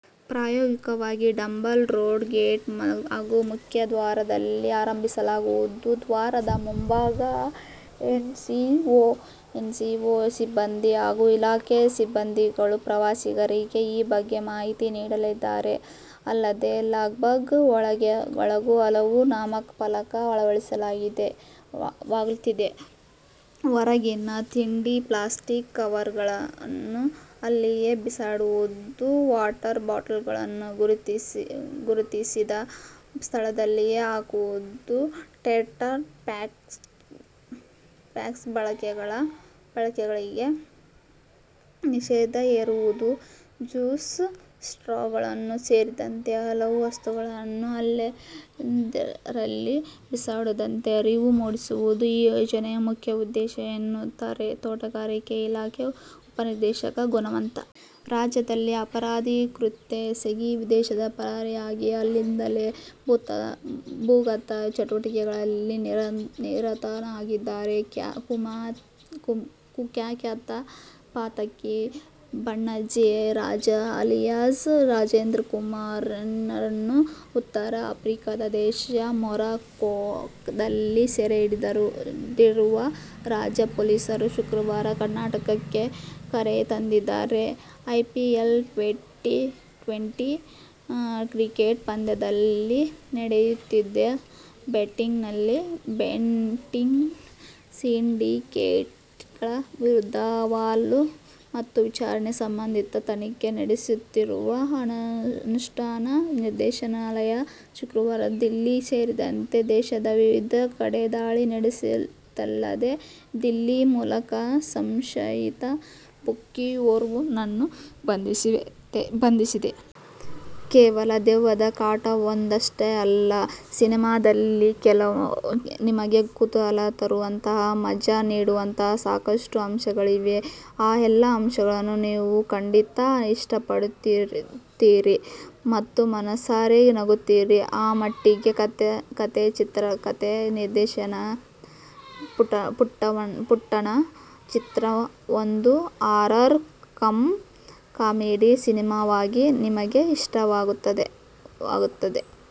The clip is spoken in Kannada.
ಪ್ರಾಯೋಗಿಕವಾಗಿ ಡಬ್ಬಲ್ ರೋಡ್ ಗೇಟ್ ಹಾಗೂ ಮುಖ್ಯ ದ್ವಾರದಲ್ಲಿ ಆರಂಭಿಸಲಾಗುವುದು. ದ್ವಾರದ ಮುಂಭಾಗ ಎನ್ಜಿಒ ಸಿಬ್ಬಂದಿ ಹಾಗೂ ಇಲಾಖೆ ಸಿಬ್ಬಂದಿಗಳು ಪ್ರವಾಸಿಗರಿಗೆ ಈ ಬಗ್ಗೆ ಮಾಹಿತಿ ನೀಡಲಿದ್ದಾರೆ. ಅಲ್ಲದೇ, ಲಾಲ್ಬಾಗ್ ಒಳಗೂ ಹಲವು ನಾಮಫಲಕ ಅಳವಡಿಸಲಾಗುತ್ತಿದೆ. ಹೊರಗಿನ ತಿಂಡಿ ಪ್ಲಾಸ್ಟಿಕ್ ಕವರ್ಗಳನ್ನು ಅಲ್ಲಿಯೇ ಬಿಸಾಡುವುದು, ವಾಟರ್ ಬಾಟಲ್ಗಳನ್ನು ಗುರುತಿಸಿದ ಸ್ಥಳದಲ್ಲಿಯೇ ಹಾಕುವುದು, ಟೆಟ್ರಾಪ್ಯಾಕ್ಗಳ ಬಳಕೆಗೆ ನಿಷೇಧ ಹೇರುವುದು, ಜ್ಯೂಸ್ ಸ್ಟ್ರಾಗಳು ಸೇರಿದಂತೆ ಯಾವುದೇ ವಸ್ತುಗಳನ್ನು ಎಲ್ಲೆಂದರಲ್ಲಿ ಬಿಸಾಡದಂತೆ ಅರಿವು ಮೂಡಿಸುವುದು ಈ ಯೋಜನೆ ಮುಖ್ಯ ಉದ್ದೇಶ ಎನ್ನುತ್ತಾರೆ ತೋಟಗಾರಿಕೆ ಇಲಾಖೆ ಉಪನಿರ್ದೇಶಕ ಗುಣವಂತ. ರಾಜ್ಯದಲ್ಲಿ ಅಪರಾಧ ಕೃತ್ಯ ಎಸಗಿ ವಿದೇಶಕ್ಕೆ ಪರಾರಿಯಾಗಿ ಅಲ್ಲಿಂದಲೇ ಭೂಗತ ಚಟುವಟಿಕೆಗಳಲ್ಲಿ ನಿರತನಾಗಿದ್ದ ಕುಖ್ಯಾತ ಪಾತಕಿ ಬನ್ನಂಜೆ ರಾಜ ಅಲಿಯಾಸ್ ರಾಜೇಂದ್ರಕುಮಾರ್ನನ್ನು ಉತ್ತರ ಆಫ್ರಿಕಾದ ದೇಶ ಮೊರಕ್ಕೋದಲ್ಲಿ ಸೆರೆ ಹಿಡಿದಿರುವ ರಾಜ್ಯ ಪೊಲೀಸರು, ಶುಕ್ರವಾರ ಕರ್ನಾಟಕಕ್ಕೆ ಕರೆದುತಂದಿದ್ದಾರೆ. ಐಪಿಎಲ್ ಟ್ವೆಂಟಿ ಕ್ರಿಕೆಟ್ ಪಂದ್ಯಗಳಲ್ಲಿ ನಡೆಯುತ್ತಿದ್ದ ಬೆಟ್ಟಿಂಗ್ನಲ್ಲಿ ಬೆಟ್ಟಿಂಗ್ ಸಿಂಡಿಕೇಟ್ಗಳ ವಿರುದ್ಧ ಹವಾಲಾ ಮತ್ತು ವಿತರಣೆ ಸಂಬಂಧ ತನಿಖೆ ನಡೆಸುತ್ತಿರುವ ಅನುಷ್ಠಾನ ನಿರ್ದೇಶನಾಲಯ ಶುಕ್ರವಾರ ದಿಲ್ಲಿ ಸೇರಿದಂತೆ ದೇಶದ ವಿವಿಧ ಕಡೆ ದಾಳಿ ನಡೆಸಿತಲ್ಲದೇ ದಿಲ್ಲಿ ಮೂಲದ ಸಂಶಯಿತ ಬುಕ್ಕಿಯೋರ್ವನನ್ನು ಬಂಧಿಸಿದೆ. ಕೇವಲ ದೆವ್ವದ ಕಾಟವೊಂದಷ್ಟೇ ಅಲ್ಲ, ಸಿನಿಮಾದಲ್ಲಿ ನಿಮಗೆ ಕುತೂಹಲ ತರುವಂತಹ, ಮಜಾ ನೀಡುವಂತಹ ಸಾಕಷ್ಟು ಅಂಶಗಳಿವೆ. ಆ ಎಲ್ಲಾ ಅಂಶಗಳನ್ನು ನೀವು ಖಂಡಿತಾ ಇಷ್ಟಪಡುತ್ತೀರಿ ಮತ್ತು ಮನಸ್ಸಾರೆ ನಗುತ್ತೀರಿ. ಆ ಮಟ್ಟಿಗೆ "ಕಥೆ ಚಿತ್ರಕಥೆ ನಿರ್ದೇಶನ ಪುಟ್ಟಣ್ಣ' ಚಿತ್ರ ಒಂದು ಹಾರರ್ ಕಂ ಕಾಮಿಡಿ ಸಿನಿಮಾವಾಗಿ ನಿಮಗೆ ಇಷ್ಟವಾಗುತ್ತದೆ.